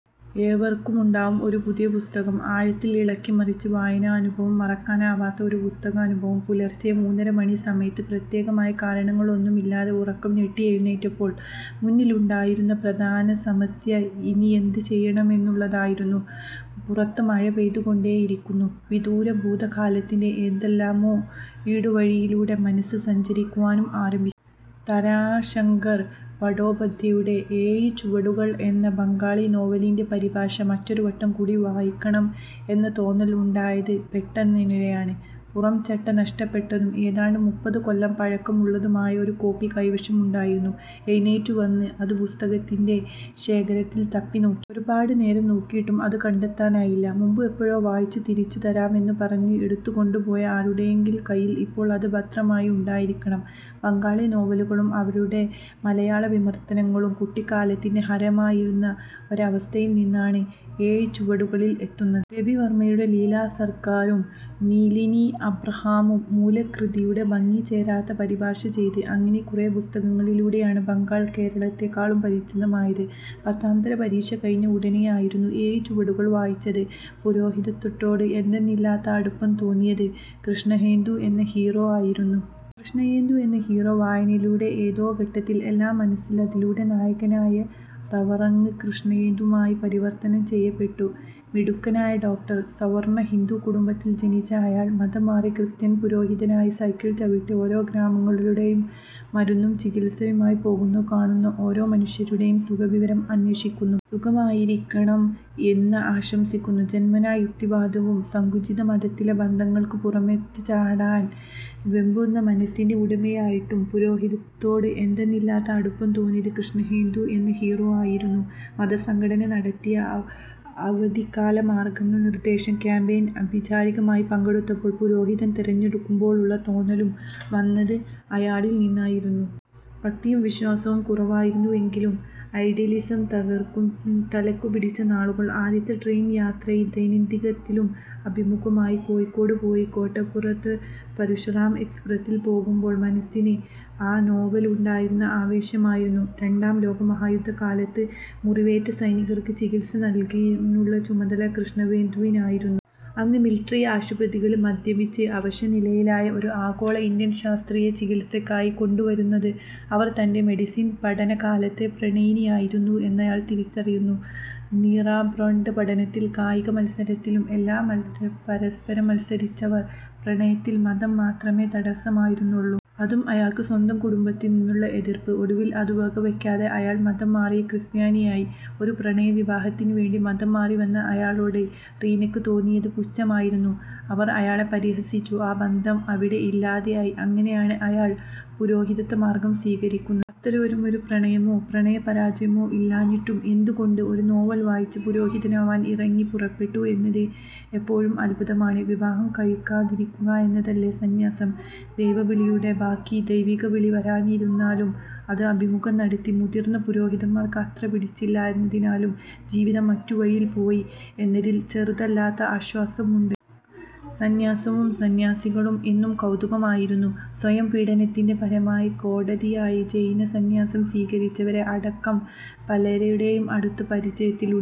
ഏവർക്കുമുണ്ടാവും ഒരു പുസ്തകം. ആഴത്തില്‍ ഇളക്കി മറിച്ച വായനാനുഭവം. മറക്കാനാവാത്ത ഒരു പുസ്തകാനുഭവം. പുലര്‍ച്ചെ മൂന്നര മണി സമയത്ത് പ്രത്യേകമായ കാരണങ്ങള്‍ ഒന്നും ഇല്ലാതെ ഉറക്കം ഞെട്ടി എഴുന്നേറ്റപ്പോള്‍ മുന്നില്‍ ഉണ്ടായിരുന്ന പ്രധാന സമസ്യ ഇനിയെന്ത് ചെയ്യണം എന്നുള്ളതായിരുന്നു. പുറത്ത് മഴ പെയ്തുകൊണ്ടേ ഇരുന്നു. വിദൂര ഭൂതകാലത്തിന്‍റെ ഏതെല്ലാമോ ഊടുവഴികളിലൂടെ മനസ്സ് സഞ്ചരിക്കാനും ആരംഭി. താരാശങ്കർ ബന്ധോപാധ്യായുടെ ' ഏഴു ചുവടുകള്‍ ' എന്ന ബംഗാളി നോവലിന്‍റെ പരിഭാഷ മറ്റൊരു വട്ടം കൂടി വായിക്കണം എന്ന തോന്നല്‍ ഉണ്ടായത് പൊടുന്നനെയാണ്. പുറം ചട്ട നഷ്ടപ്പെട്ടതും ഏതാണ്ട് മുപ്പത് കൊല്ലം പഴക്കം ഉള്ളതുമായ ഒരു കോപ്പി കൈവശം ഉണ്ടായിരുന്നു. എഴുന്നേറ്റ് വന്ന് അത് പുസ്തക ശേഖരത്തില് തപ്പി നോക്കി. ഒരുപാട് നേരം നോക്കിയിട്ടും അത് കണ്ടെത്താനായില്ല. മുമ്പ് എപ്പോഴോ വായിച്ചു തിരിച്ചു തരാം എന്ന് പറഞ്ഞു എടുത്തുകൊണ്ടു പോയ ആരുടെയെങ്കിലും കയ്യില്‍ ഇപ്പോഴും അത് ഭദ്രമായി ഉണ്ടായിരിക്കണം. ബംഗാളി നോവലുകളും അവയുടെ മലയാള വിവര്‍ത്തനങ്ങളും കുട്ടിക്കാലത്തിന്‍റെ ഹരമായിരുന്ന ഒരവസ്ഥയിൽ നിന്നാണ് ' ഏഴു ചുവടുകളില്‍' എത്തുന്നത്. രവിവര്‍മ്മയും ലീലാ സര്‍ക്കാരും നിലീന അബ്രഹാമും മൂല കൃതിയുടെ ഭംഗി ചോരാതെ പരിഭാഷ ചെയ്ത അങ്ങിനെ കുറെ പുസ്തകങ്ങളിലൂടെയാണ് ബംഗാള്‍ കേരളത്തെക്കാളും പരിചിതമായത്. പത്താം തരം പരീക്ഷ കഴിഞ്ഞ ഉടനെയായിരുന്നു ഏഴു ചുവടുകള്‍ വായിച്ചത്. പൗരോഹിത്യത്തോട് എന്തെന്നില്ലാത്ത അടുപ്പം തോന്നിപ്പിച്ചത് കൃഷ്ണേന്ദു എന്ന ഹീറോ ആയിരുന്നു. കൃഷ്ണേന്ദു എന്ന ഹീറോ വായനയുടെ ഏതോ ഘട്ടങ്ങളില്‍ എല്ലാം മനസ്സ് അതിലെ നായകനായ റവറണ്ട് കൃഷ്ണേന്ദുവായി പരിവര്‍ത്തനം ചെയ്യപ്പെട്ടു. മിടുക്കനായ ഡോക്ടര്‍. സവർണ ഹിന്ദു കുടുംബത്തില്‍ ജനിച്ച അയാള്‍ മതം മാറി ക്രിസ്ത്യന് പുരോഹിതനായി സൈക്കിള്‍ ചവിട്ടി ഓരോ ഗ്രാമങ്ങളിലും മരുന്നും ചികിത്സയുമായി പോകുന്നു. കാണുന്ന ഓരോ മനുഷ്യരോടും സുഖവിവരം അന്വേഷിക്കുന്നു. സുഖമായിരിക്കണം എന്ന് ആശംസിക്കുന്നു. ജന്മനാ യുക്തിവാദിയും സങ്കുചിത മതത്തിന്‍റെ ബന്ധനങ്ങള്‍ക്ക് പുറത്ത് ചാടാന്‍ വെമ്പുന്ന മനസ്സിന്‍റെ ഉടമയും ആയിരുന്നിട്ടും പൗരോഹിത്യത്തോട് എന്തെന്നില്ലാത്ത അടുപ്പം തോന്നിപ്പിച്ചത് കൃഷ്ണേന്ദു എന്ന ഹീറോ ആയിരുന്നു. മതസംഘടന നടത്തിയ അവധിക്കാല മാര്‍ഗ നിര്‍ദേശ ക്യാമ്പില്‍ അവിചാരിതമായി പങ്കെടുത്തപ്പോള്‍ പൗരോഹിത്യം തെരഞ്ഞെടുക്കാന്‍ ഉള്ള തോന്നലും വന്നത് അയാളില്‍ നിന്നായിരുന്നു. ഭക്തിയും വിശ്വാസവും കുറവായിരുന്നു എങ്കിലും ഐഡിയലിസം തലയ്ക്കു പിടിച്ചിരുന്ന നാളുകള്‍. ആദ്യത്തെ ട്രെയിൻ യാത്രയില്‍ ദൈവവിളി ധ്യാനത്തിനും അഭിമുഖത്തിനുമായി കോഴിക്കോട് പോയി കോട്ടയത്തേക്ക് പരശുറാം എക്സ്പ്രസ്സില്‍ പോകുമ്പോഴും മനസ്സില്‍ ആ നോവല്‍ ഉണ്ടാക്കിയ ആവേശം ആയിരുന്നു. രണ്ടാം ലോക മഹായുദ്ധ കാലത്ത് മുറിവേറ്റ സൈനികർക്ക് ചികിത്സ നല്കുന്നത്തിനുള്ള ചുമതല കൃഷ്ണേന്ദുവിനായിരുന്നു. അന്ന് മിലിട്ടറി ആശുപത്രിയില്‍ മദ്യപിച്ച് അവശ നിലയിലായ ഒരു ആഗ്ലോ ഇന്ത്യൻ സ്ത്രീയെ ചികിത്സയ്ക്കായി കൊണ്ട് വരുന്നു. അവര്‍ തന്‍റെ മെഡിസിൻ പഠന കാലത്തെ പ്രണയിനി ആയിരുന്നു എന്നയാള്‍ തിരിച്ചറിയുന്നു: റീനാ ബ്രൌണ്. പഠനത്തിലും കായിക മത്സരങ്ങളിലും എല്ലാം പരസ്പരം മത്സരിച്ചിരുന്നവർ. പ്രണയത്തില്‍ മതം മാത്രമേ തടസം ആയിരുന്നുള്ളു. അതും അയാളുടെ സ്വന്തം കുടുംബത്തില്‍ നിന്നുള്ള എതിര്‍പ്പ്. ഒടുവില്‍ അത് വകവയ്ക്കാതെ അയാള്‍ മതം മാറി ക്രിസ്ത്യാനിയായി. ഒരു പ്രണയ വിവാഹത്തിന് വേണ്ടി മതം മാറി വന്ന അയാളോട് റീനയ്ക്ക് തോന്നിയത് പുച്ഛമായിരുന്നു. അവര്‍ അയാളെ പരിഹസിച്ചു. ആ ബന്ധം അവിടെ ഇല്ലാതായി. അങ്ങനെ ആണ് അയാള്‍ പൗരോഹിത്യ മാര്‍ഗം സ്വീകരിക്കുന്നത്. അത്തരമൊരു പ്രണയമോ പ്രണയ പരാജയമോ ഇല്ലാതിരുന്നിട്ടും എന്ത് കൊണ്ട് ഒരു നോവല്‍ വായിച്ച് പുരോഹിതൻ ആകാന്‍ ഇറങ്ങി പുറപ്പെട്ടു എന്നത് ഇപ്പോഴും ഒരത്ഭുതമാണ്. വിവാഹം കഴിക്കാതിരിക്കുക എന്നത് അല്ല സന്യാസം. ദൈവവിളിയുടെ ബാക്കി ദൈവവിളി വരാതിരുന്നതിനാലും അന്ന് അഭിമുഖം നടത്തിയ മുതിര്‍ന്ന പുരോഹിതര്‍ക്ക് അത്ര പിടിച്ചില്ല എന്നതിനാലും ജീവിതം മറ്റു വഴികളില്‍ പോയി എന്നതില്‍ ചെറുതല്ലാത്ത ആശ്വാസം ഇന്നുണ്ട്. സന്യാസവും സന്യാസികളും എന്നും ഒരു കൗതുകമായിരുന്നു. സ്വയം പീഡനത്തിന്‍റെ പരമ കോടിയായ ജൈന സന്യാസം സ്വീകരിച്ചവരെ അടക്കം പലരെയും അടുത്ത് പരിചയപ്പെട്ടിട്ടുണ്ട്.